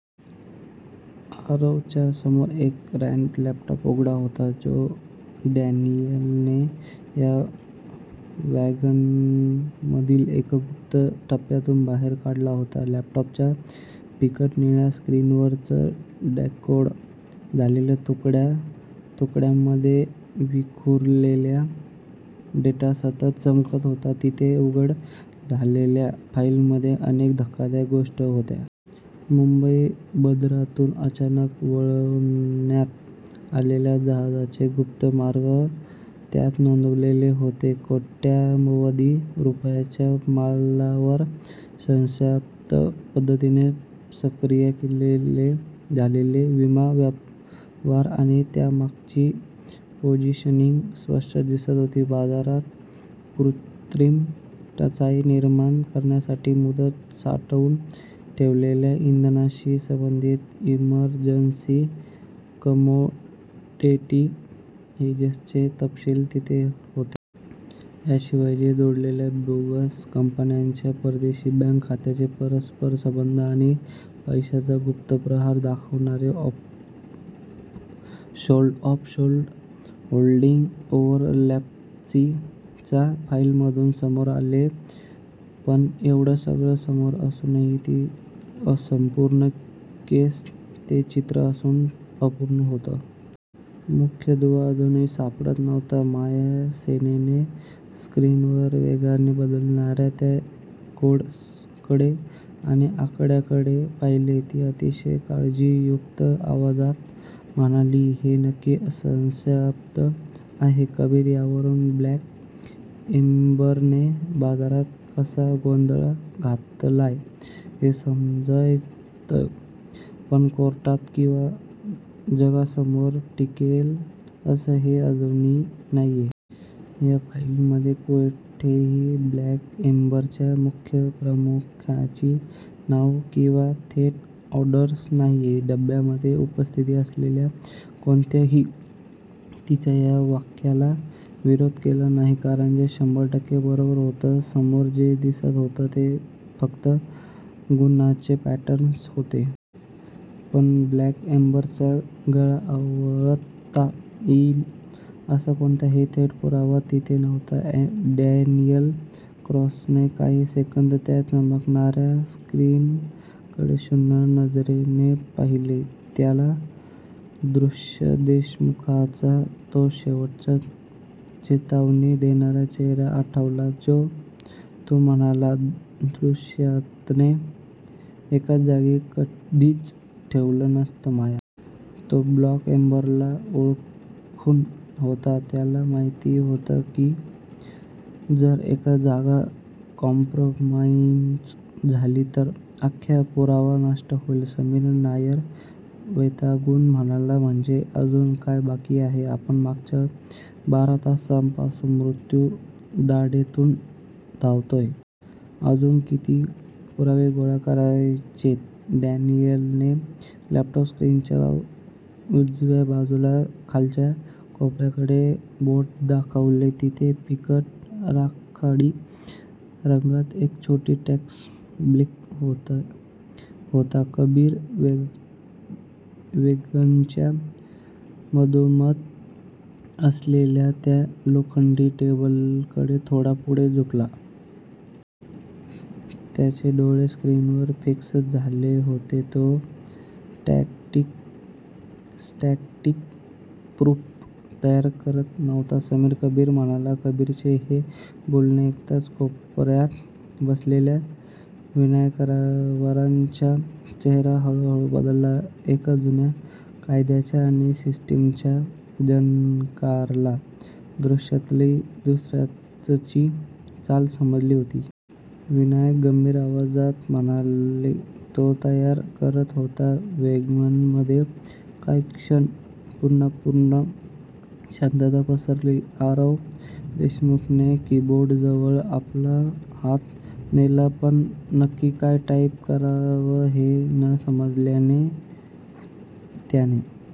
आरवच्या समोर एक रग्ड लॅपटॉप उघडा होता, जो डॅनियलने या वॅगनमधील एका गुप्त कप्प्यातून बाहेर काढला होता. लॅपटॉपच्या फिकट निळ्या स्क्रीनवर चा डिकोड झालेला, तुकड्या-तुकड्यांमध्ये विखुरलेला डेटा सतत चमकत होता. तिथे उघड झालेल्या फाईल्समध्ये अनेक धक्कादायक गोष्टी होत्या. मुंबई बंदरातून अचानक वळवण्यात आलेल्या जहाजांचे गुप्त मार्ग त्यात नोंदवलेले होते. कोट्यवधी रुपयांच्या मालावर संशयास्पद पद्धतीने सक्रिय झालेले विमा व्यवहार आणि त्यामागची पोझिशनिंग स्पष्ट दिसत होती. बाजारात कृत्रिम टंचाई निर्माण करण्यासाठी मुद्दाम साठवून ठेवलेल्या इंधनाशी संबंधित इमर्जन्सी कमोडिटी हेजेसचे तपशील तिथे होते. याशिवाय, शी जोडलेल्या बोगस कंपन्यांच्या परदेशी बँक खात्यांचे परस्पर संबंध आणि पैशांचा गुप्त प्रवाह दाखवणारे ऑफशोर होल्डिंग ओव्हरलॅप्सही त्या फाईल्समधून समोर आले. पण एवढं सगळं समोर असूनही ती संपूर्ण केस, ते चित्र अजूनही अपूर्ण होतं. मुख्य दुवा अजूनही सापडत नव्हता. माया सेनने स्क्रीनवर वेगाने बदलणाऱ्या त्या कोड्सकडे आणि आकड्यांकडे पाहिले. ती अतिशय काळजीयुक्त आवाजात म्हणाली, "हे नक्कीच संशयास्पद आहे, कबीर. यावरून ब्लॅक एम्बरने बाजारात कसा गोंधळ घातलाय हे समजतंय पण कोर्टात किंवा जगासमोर टिकेल असं हे अजूनही नाहीये. या फायलींमध्ये कुठेही ब्लॅक एम्बरच्या मुख्य प्रमुखांची नावं किंवा थेट ऑर्डर्स नाहीत. "डब्यामध्ये उपस्थित असलेल्या कोणीही तिच्या या वाक्याला विरोध केला नाही. कारण ती शंभर टक्के बरोबर होती. समोर जे दिसत होतं, ते फक्त गुन्ह्याचे पॅटर्न्स होते. पण ब्लॅक एम्बरचा गळा आवळता येईल, असा कोणताही थेट पुरावा तिथे नव्हता. डॅनियल क्रॉसने काही सेकंद त्या चमकणाऱ्या स्क्रीनकडे शून्य नजरेने पाहिले. त्याला दुष्यंत देशमुखांचा तो शेवटचा चेतावणी देणारा चेहरा आठवला. तो म्हणाला, "दुष्यंतने एकाच जागी कधीच ठेवलं नसतं, माया. तो ब्लॅक एम्बरला ओळखून होता. त्याला माहिती होतं की जर एक जागा कॉम्प्रमाईज्ड झाली, तर अख्खा पुरावा नष्ट होईल." समीर नायर वैतागून म्हणाला, "म्हणजे अजून काय बाकी आहे? आपण मागच्या बारा तासांपासून मृत्यूच्या दाढेतून धावतोय. अजून किती पुरावे गोळा करायचेत?" डॅनियलने लॅपटॉप स्क्रीनच्या उजव्या बाजूच्या खालच्या कोपऱ्याकडे बोट दाखवलं. तिथे फिकट राखाडी रंगात एक छोटा टेक्स्ट ब्लिंक होत होता. कबीर वॅगनच्या मधोमध असलेल्या त्या लोखंडी टेबलकडे थोडा पुढे झुकला. त्याचे डोळे स्क्रीनवर फिक्स झाले होते. "तो स्टॅटिक प्रूफ तयार करत नव्हता, समीर" कबीर म्हणाला. कबीरचे हे बोलणे ऐकताच कोपऱ्यात बसलेल्या विनायकरावांचा चेहरा हळूहळू बदलला. एका जुन्या कायद्याच्या आणि सिस्टिमच्या जाणकाराला दुष्यंतची चाल समजली होती. विनायकराव गंभीर आवाजात म्हणाले, "तो तयार करत होता." वॅगनमध्ये काही क्षण पुन्हा पूर्ण शांतता पसरली. आरव देशमुखने कीबोर्डजवळ आपला हात नेला, पण नक्की काय टाईप करावं हे न समजल्याने त्याने